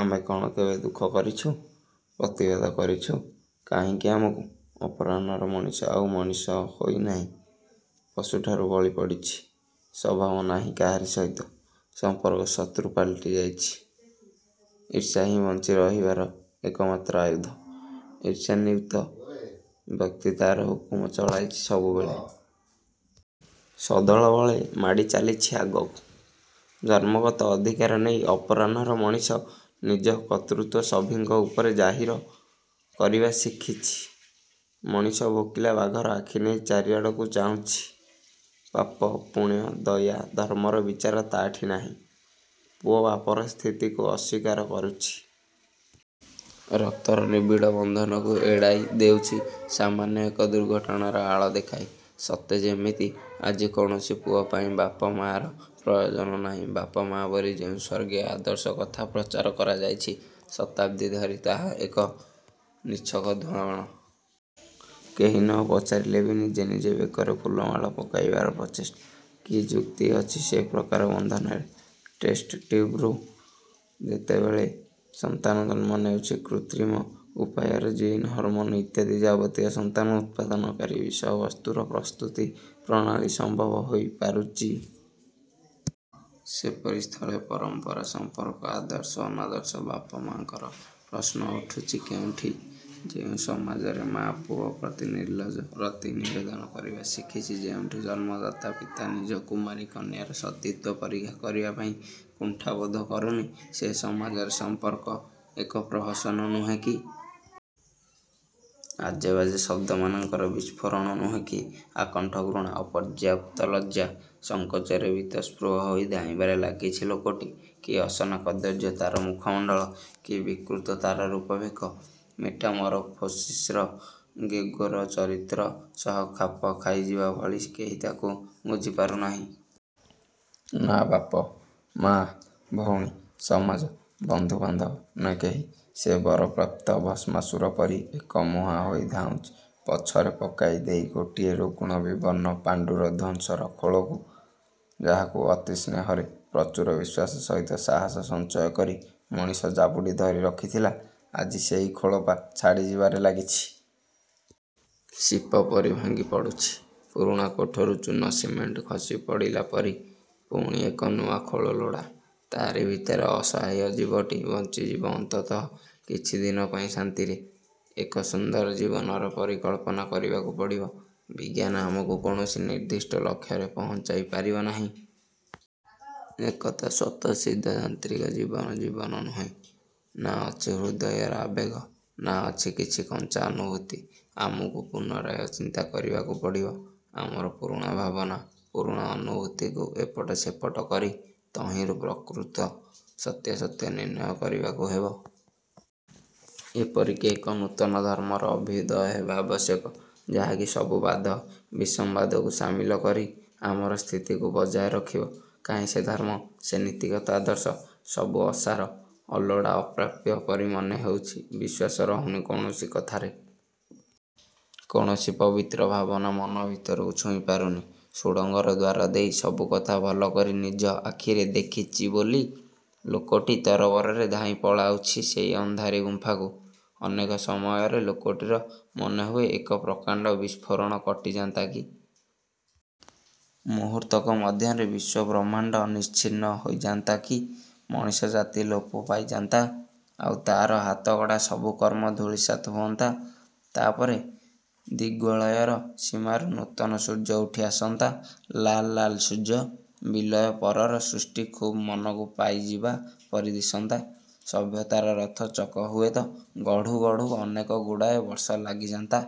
ଆମେ କ'ଣ କେବେ ଦୁଃଖ କରିଛୁ? ପ୍ରତିବାଦ କରିଛୁ? କାହିଁକି ଆମକୁ। ଅପରାହ୍ନର ମଣିଷ ଆଉ ମଣିଷ ହୋଇ ନାହିଁ। ପଶୁଠାରୁ ବଳି ପଡ଼ିଛି। ସଦ୍ଭାବ ନାହିଁ କାହାରି ସହିତ। 'ସମ୍ପର୍କ' ଶତ୍ରୁ ପାଲଟି ଯାଇଛି। ଈର୍ଷାହିଁ ବଞ୍ଚି ରହିବାର ଏକମାତ୍ର ଆୟୁଧ। ଈର୍ଷାନ୍ୱିତ ବ୍ୟକ୍ତି ତା'ର ହୁକୁମ ଚଳାଇଛି ସବୁବେଳେ। ସଦଳବଳେ ମାଡ଼ି ଚାଲିଛି ଆଗକୁ। ଜନ୍ମଗତ ଅଧିକାର ନେଇ ଅପରାହ୍ନର ମଣିଷ ନିଜ କର୍ତ୍ତୃତ୍ୱ ସଭିଙ୍କ ଉପରେ ଜାହିର କରିବା ଶିଖିଛି। ମଣିଷ ଭୋକିଲା ବାଘର ଆଖି ନେଇ ଚାରିଆଡ଼କୁ ଚାହୁଁଛି। ପାପ, ପୁଣ୍ୟ, ଦୟା, ଧର୍ମର ବିଚାର ତା'ଠି ନାହିଁ। ପୁଅ ବାପର ସ୍ଥିତିକୁ ଅସ୍ୱୀକାର କରୁଛି। ରକ୍ତର ନିବିଡ଼ ବନ୍ଧନକୁ ଏଡ଼ାଇ ଦେଉଛି ସାମାନ୍ୟ ଏକ ଦୁର୍ଘଟଣାର ଆଳ ଦେଖାଇ। ସତେ ଯେମିତି ଆଜି କୌଣସି ପୁଅ ପାଇଁ ବାପ ମା'ର ପ୍ରୟୋଜନ ନାହିଁ। ବାପ, ମା ବୋଲି ଯେଉଁ ସ୍ୱର୍ଗୀୟ ଆଦର୍ଶ କଥା ପ୍ରଚାର କରାଯାଇଛି, ଶତାବ୍ଦୀ ଧରି ତାହା ଏକ ନିଚ୍ଛକ ଧୂଆଁ ବାଣ। କେହି ନ ପଚାରିଲେ ବି ନିଜେ ନିଜେ ବେକରେ ଫୁଲମାଳ ପକେଇବାର ପ୍ରଚେଷ୍ଟା। କି ଯୁକ୍ତି ଅଛି ସେ ପ୍ରକାର ବନ୍ଧନରେ? ଟେଷ୍ଟଟ୍ୟୁବ୍ରୁ ଯେତେବେଳେ ସନ୍ତାନ ଜନ୍ମ ନେଉଛି। କୃତ୍ରିମ ଉପାୟରେ ଜିନ୍ ହରମୋନ୍ ଇତ୍ୟାଦି ଯାବତୀୟ ସନ୍ତାନ ଉତ୍ପାଦନକାରୀ ବିଷୟବସ୍ତୁର ପ୍ରସ୍ତୁତି ପ୍ରଣାଳୀ ସମ୍ଭବ ହୋଇ ପାରୁଚି। ସେପରି ସ୍ଥଳେ ପରମ୍ପରା, ସମ୍ପର୍କ, ଆଦର୍ଶ, ଅନାଦର୍ଶ, ବାପ, ମାଙ୍କର ପ୍ରଶ୍ନ ଉଠୁଛି କେଉଁଠି? ଯେଉଁ ସମାଜରେ ମା' ପୁଅ ପ୍ରତି ନିର୍ଲଜ୍ଜ ରତି ନିବେଦନ କରିବା ଶିଖିଛି, ଯେଉଁଠି ଜନ୍ମଦାତା ପିତା ନିଜ କୁମାରୀ କନ୍ୟାର ସତୀତ୍ୱ ପରୀକ୍ଷା କରିବା ପାଇଁ କୁଣ୍ଠାବୋଧ କରୁନି, ସେ ସମାଜରେ ସମ୍ପର୍କ ଏକ ପ୍ରହସନ ନୁହେଁ କି? ଆଜେବାଜେ ଶବ୍ଦମାନଙ୍କର ବିସ୍ଫୋରଣ ନୁହେଁ କି? ଆକଣ୍ଠ ଘୃଣା, ଅପର୍ଯ୍ୟାପ୍ତ ଲଜ୍ଜା, ସଂକୋଚରେ ବୀତସ୍ପୃହ ହୋଇ ଧାଇଁବାରେ ଲାଗିଛି ଲୋକଟି। କି ଅସନା କଦର୍ଯ୍ୟ ତା'ର ମୁଖମଣ୍ଡଳ। କି ବିକୃତ ତା'ର ରୂପଭେକ। ମେଟାମରଫୋସିସ୍ର 'ଗେଗୋର' ଚରିତ୍ର ସହ ଖାପ ଖାଇଯିବା ଭଳି। କେହି ତାକୁ ବୁଝିପାରୁ ନାହିଁ। ନା ବାପ, ମା, ଭଉଣୀ, ସମାଜ, ବନ୍ଧୁ ବାନ୍ଧବ! ନାଁ କେହି। ସେ ବରପ୍ରାପ୍ତ ଭସ୍ମାସୁର ପରି ଏକମୁହାଁ ହୋଇ ଧାଉଁଛି। ପଛରେ ପକାଇ ଦେଇ ଗୋଟିଏ ରୁଗ୍ଣ ବିବର୍ଣ୍ଣ ପାଣ୍ତୁର ଧ୍ୱଂସର ଖୋଳକୁ। ଯାହାକୁ ଅତି ସ୍ନେହରେ, ପ୍ରଚୁର ବିଶ୍ୱାସ ସହିତ ସାହାସ ସଞ୍ଚୟ କରି ମଣିଷ ଜାବୁଡ଼ି ଧରି ରଖିଥିଲା, ଆଜି ସେଇ ଖୋଳପା ଛାଡ଼ିବାରେ ଲାଗିଛି। ଶିପ ପରି ଭାଙ୍ଗି ପଡ଼ୁଛି। ପୁରୁଣା କୋଠରୁ ଚୂନ ସିମେଣ୍ଟ ଖସି ପଡ଼ିଲା ପରି। ପୁଣି ଏକ ନୂଆ ଖୋଳ ଲୋଡ଼ା। ତା'ରି ଭିତରେ ଅସହାୟ ଜୀବଟି ବଞ୍ଚିଯିବ ଅନ୍ତତଃ କିଛି ଦିନପାଇଁ ଶାନ୍ତିରେ। ଏକ ସୁନ୍ଦର ଜୀବନର ପରିକଳ୍ପନା କରିବାକୁ ପଡ଼ିବ। ବିଜ୍ଞାନ ଆମକୁ କୌଣସି ନିର୍ଦ୍ଦିଷ୍ଟ ଲକ୍ଷ୍ୟରେ ପହଞ୍ଚାଇ ପାରିବ ନାହିଁ। ଏକଥା ସ୍ୱତଃସିଦ୍ଧ। ଯାନ୍ତ୍ରିକ ଜୀବନ ଜୀବନ ନୁହେଁ। ନାଁ ଅଛି ହୃଦୟର ଆବେଗ, ନାଁ ଅଛି କିଛି କଞ୍ଚା ଅନୁଭୂତି। ଆମକୁ ପୁନରାୟ ଚିନ୍ତା କରିବାକୁ ପଡ଼ିବ। ଆମର ପୁରୁଣା ଭାବନା, ପୁରୁଣା ଅନୁଭୂତିକୁ ଏପଟ ସେପଟ କରି ତହିଁରୁ ପ୍ରକୃତ ସତ୍ୟାସତ୍ୟ ନିର୍ଣ୍ଣୟ କରିବାକୁ ହେବ। ''' ଏପରିକି ଏକ ନୂତନ ଧର୍ମର ଅଭ୍ୟୁଦୟ ହେବା ଆବଶ୍ୟକ, ଯାହାକି ସବୁ ବାଦ, ବିସମ୍ବାଦକୁ ସାମିଲ କରି ଆମର ସ୍ଥିତିକୁ ବଜାୟ ରଖିବ। କାହିଁ ସେ ଧର୍ମ? ସେ ନୀତିଗତ ଆଦର୍ଶ? ସବୁ ଅସାର, ଅଲୋଡ଼ା ଅପ୍ରାପ୍ୟ ପରି ମନେ ହେଉଛି। ବିଶ୍ୱାସ ରହୁନି କୌଣସି କଥାରେ। କୌଣସି ପବିତ୍ର ଭାବନା ମନ ଭିତରକୁ ଛୁଇଁ ପାରୁନି। ସୁଡ଼ଙ୍ଗର ଦ୍ୱାର ଦେଇ ସବୁକଥା ଭଲ କରି ନିଜ ଆଖିରେ ଦେଖିଚି ବୋଲି, ଲୋକଟି ତରବରରେ ଧାଇଁ ପଳାଉଛି ସେଇ ଅନ୍ଧାରୀ ଗୁମ୍ଫାକୁ। ଅନେକ ସମୟରେ ଲୋକଟିର ମନେହୁଏ, ଏକ ପ୍ରକାଣ୍ଡ ବିସ୍ଫୋରଣ କଟିଯାନ୍ତା କି! ମୁହୂର୍ତ୍ତକ ମଧ୍ୟରେ ବିଶ୍ୱ-ବ୍ରହ୍ମାଣ୍ଡ ନିଶ୍ଚିହ୍ନ ହୋଇଯାନ୍ତା କି! ମଣିଷ ଜାତି ଲୋପ ପାଇଯାନ୍ତା। ଆଉ ତା'ର ହାତଗଢ଼ା ସବୁ କର୍ମ ଧୂଳିସାତ୍ ହୁଅନ୍ତା। ତା'ପରେ ଦିଗ୍ବଳୟର ସୀମାରୁ ନୂତନ ସୂର୍ଯ୍ୟ ଉଠି ଆସନ୍ତା। ଲାଲ୍ ଲାଲ୍ ସୂର୍ଯ୍ୟ। ବିଲୟ ପରର ସୃଷ୍ଟି ଖୁବ୍ ମନକୁ ପାଇଯିବା ପରି ଦିଶନ୍ତା। ସଭ୍ୟତାର ରଥ ଚକ ହୁଏତ ଗଢ଼ୁ ଗଢ଼ୁ ଅନେକଗୁଡ଼ାଏ ବର୍ଷ ଲାଗିଯାନ୍ତା।